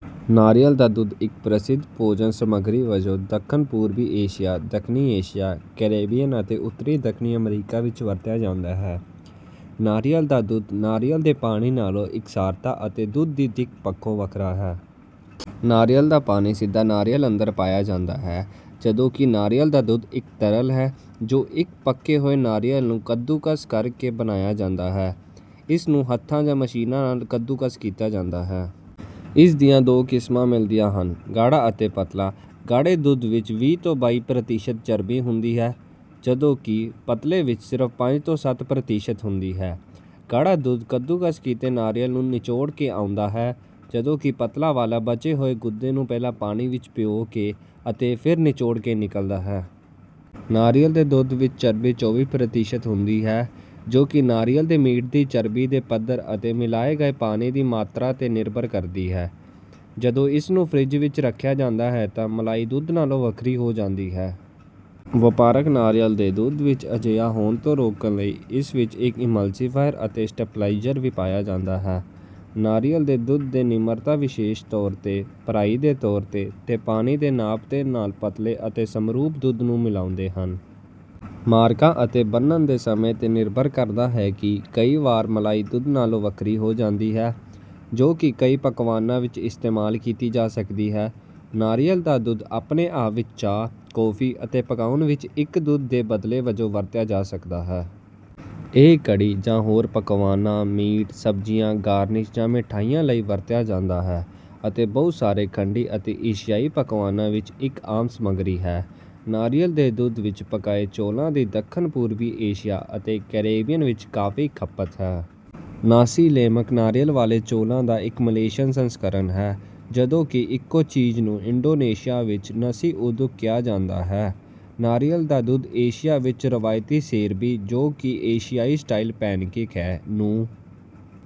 ਨਾਰੀਅਲ ਦਾ ਦੁੱਧ ਇੱਕ ਪ੍ਰਸਿੱਧ ਭੋਜਨ-ਸਮੱਗਰੀ ਵਜੋਂ ਦੱਖਣ-ਪੂਰਬੀ ਏਸ਼ੀਆ, ਦੱਖਣੀ ਏਸ਼ੀਆ, ਕੈਰੇਬੀਅਨ ਅਤੇ ਉੱਤਰੀ ਦੱਖਣੀ ਅਮਰੀਕਾ ਵਿੱਚ ਵਰਤਿਆ ਜਾਂਦਾ ਹੈ। ਨਾਰੀਅਲ ਦਾ ਦੁੱਧ ਨਾਰੀਅਲ ਦੇ ਪਾਣੀ ਨਾਲੋਂ ਇਕਸਾਰਤਾ ਅਤੇ ਦੁੱਧ ਦੀ ਦਿੱਖ ਪੱਖੋਂ ਵੱਖਰਾ ਹੈ। ਨਾਰੀਅਲ ਦਾ ਪਾਣੀ ਸਿੱਧਾ ਨਾਰੀਅਲ ਅੰਦਰ ਪਾਇਆ ਜਾਂਦਾ ਹੈ, ਜਦੋਂ ਕਿ ਨਾਰੀਅਲ ਦਾ ਦੁੱਧ ਇੱਕ ਤਰਲ ਹੈ, ਜੋ ਇੱਕ ਪੱਕੇ ਹੋਏ ਨਾਰੀਅਲ ਨੂੰ ਕੱਦੂਕਸ ਕਰਕੇ ਬਣਾਇਆ ਜਾਂਦਾ ਹੈ। ਇਸ ਨੂੰ ਹੱਥਾਂ ਜਾਂ ਮਸ਼ੀਨ ਨਾਲ ਕੱਦੂਕਸ ਕੀਤਾ ਜਾ ਸਕਦਾ ਹੈ। ਇਸ ਦੀਆਂ ਦੋ ਕਿਸਮਾਂ ਮਿਲਦੀਆਂ ਹਨ: ਗਾੜ੍ਹਾ ਅਤੇ ਪਤਲਾ। ਗਾੜ੍ਹੇ ਦੁੱਧ ਵਿੱਚ ਵੀਹ ਤੋਂ ਬਾਈ ਪ੍ਰਤੀਸ਼ਤ ਚਰਬੀ ਹੁੰਦੀ ਹੈ, ਜਦੋਂ ਕਿ ਪਤਲੇ ਵਿੱਚ ਸਿਰਫ਼ ਪੰਜ ਤੋਂ ਸੱਤ ਪ੍ਰਤੀਸ਼ਤ ਹੁੰਦੀ ਹੈ। ਗਾੜ੍ਹਾ ਦੁੱਧ ਕੱਦੂਕਸ ਕੀਤੇ ਨਾਰੀਅਲ ਨੂੰ ਨਿਚੋੜ ਕੇ ਆਉਂਦਾ ਹੈ, ਜਦੋਂ ਕਿ ਪਤਲਾ ਵਾਲਾ ਬਚੇ ਹੋਏ ਗੁੱਦੇ ਨੂੰ ਪਹਿਲਾਂ ਪਾਣੀ ਵਿੱਚ ਭਿਓਂ ਕੇ ਅਤੇ ਫਿਰ ਨਿਚੋੜ ਕੇ ਨਿਕਲਦਾ ਹੈ। ਨਾਰੀਅਲ ਦੇ ਦੁੱਧ ਵਿੱਚ ਚਰਬੀ ਚੌਵੀ ਪ੍ਰਤੀਸ਼ਤ ਹੁੰਦੀ ਹੈ, ਜੋ ਕਿ ਨਾਰੀਅਲ ਦੇ ਮੀਟ ਦੀ ਚਰਬੀ ਦੇ ਪੱਧਰ ਅਤੇ ਮਿਲਾਏ ਗਏ ਪਾਣੀ ਦੀ ਮਾਤਰਾ ’ਤੇ ਨਿਰਭਰ ਕਰਦੀ ਹੈ। ਜਦੋਂ ਇਸ ਨੂੰ ਫਰਿੱਜ ਵਿੱਚ ਰੱਖਿਆ ਜਾਂਦਾ ਹੈ ਤਾਂ ਮਲਾਈ ਦੁੱਧ ਨਾਲੋਂ ਵੱਖਰੀ ਹੋ ਜਾਂਦੀ ਹੈ। ਵਪਾਰਕ ਨਾਰੀਅਲ ਦੇ ਦੁੱਧ ਵਿੱਚ ਅਜਿਹਾ ਹੋਣ ਤੋਂ ਰੋਕਣ ਲਈ ਇਸ ਵਿੱਚ ਇੱਕ ਇਮਲਸੀਫਾਇਰ ਅਤੇ ਸਟੇਬਲਾਈਜ਼ਰ ਵੀ ਪਾਇਆ ਜਾਂਦਾ ਹੈ। ਨਾਰੀਅਲ ਦੇ ਦੁੱਧ ਦੇ ਨਿਰਮਾਤਾ ਵਿਸ਼ੇਸ਼ ਤੌਰ ’ਤੇ ਭਰਾਈ ਦੇ ਤੌਰ ’ਤੇ ਪਾਣੀ ਦੇ ਨਾਪ ਦੇ ਨਾਲ ਪਤਲੇ ਅਤੇ ਸਮਰੂਪ ਦੁੱਧ ਨੂੰ ਮਿਲਾਉਂਦੇ ਹਨ। ਮਾਰਕਾ ਅਤੇ ਬਣਨ ਦੇ ਸਮੇਂ ’ਤੇ ਨਿਰਭਰ ਕਰਦਾ ਹੈ ਕਿ ਕਈ ਵਾਰ ਮਲਾਈ ਦੁੱਧ ਨਾਲੋਂ ਵੱਖਰੀ ਹੋ ਜਾਂਦੀ ਹੈ, ਜੋ ਕਿ ਕਈ ਪਕਵਾਨਾਂ ਵਿੱਚ ਇਸਤੇਮਾਲ ਕੀਤੀ ਜਾ ਸਕਦੀ ਹੈ। ਨਾਰੀਅਲ ਦਾ ਦੁੱਧ ਆਪਣੇ ਆਪ ਵਿੱਚ ਚਾਹ, ਕੌਫੀ ਅਤੇ ਪਕਾਉਣ ਵਿੱਚ ਇੱਕ ਦੁੱਧ ਦੇ ਬਦਲ ਵਜੋਂ ਵਰਤਿਆ ਜਾ ਸਕਦਾ ਹੈ। ਇਹ ਕੜ੍ਹੀ ਜਾਂ ਹੋਰ ਪਕਵਾਨਾਂ, ਮੀਟ, ਸਬਜ਼ੀਆਂ, ਗਾਰਨਿਸ਼ ਜਾਂ ਮਿਠਾਈਆਂ ਲਈ ਵਰਤਿਆ ਜਾਂਦਾ ਹੈ ਅਤੇ ਬਹੁਤ ਸਾਰੇ ਖੰਡੀ ਅਤੇ ਏਸ਼ਿਆਈ ਪਕਵਾਨਾਂ ਵਿੱਚ ਇੱਕ ਆਮ ਸਮੱਗਰੀ ਹੈ। ਨਾਰੀਅਲ ਦੇ ਦੁੱਧ ਵਿੱਚ ਪਕਾਏ ਚੌਲਾਂ ਦੀ ਦੱਖਣ-ਪੂਰਬੀ ਏਸ਼ੀਆ ਅਤੇ ਕੈਰੀਬੀਅਨ ਵਿੱਚ ਕਾਫ਼ੀ ਖਪਤ ਹੈ। ਨਾਸੀ ਲੇਮਕ, ਨਾਰੀਅਲ ਵਾਲੇ ਚੌਲਾਂ ਦਾ ਇੱਕ ਮਲੇਸ਼ੀਅਨ ਸੰਸਕਰਣ ਹੈ, ਜਦੋਂ ਕਿ ਇੱਕੋ ਚੀਜ਼ ਨੂੰ ਇੰਡੋਨੇਸ਼ੀਆ ਵਿੱਚ ਨਸੀ ਉਦੁਕ ਕਿਹਾ ਜਾਂਦਾ ਹੈ। ਨਾਰੀਅਲ ਦਾ ਦੁੱਧ ਏਸ਼ੀਆ ਦੀ ਰਵਾਇਤੀ ਸੇਰਬੀ, ਜੋ ਕਿ ਏਸ਼ਿਆਈ ਸਟਾਈਲ ਪੈਨਕੇਕ ਹੈ, ਨੂੰ...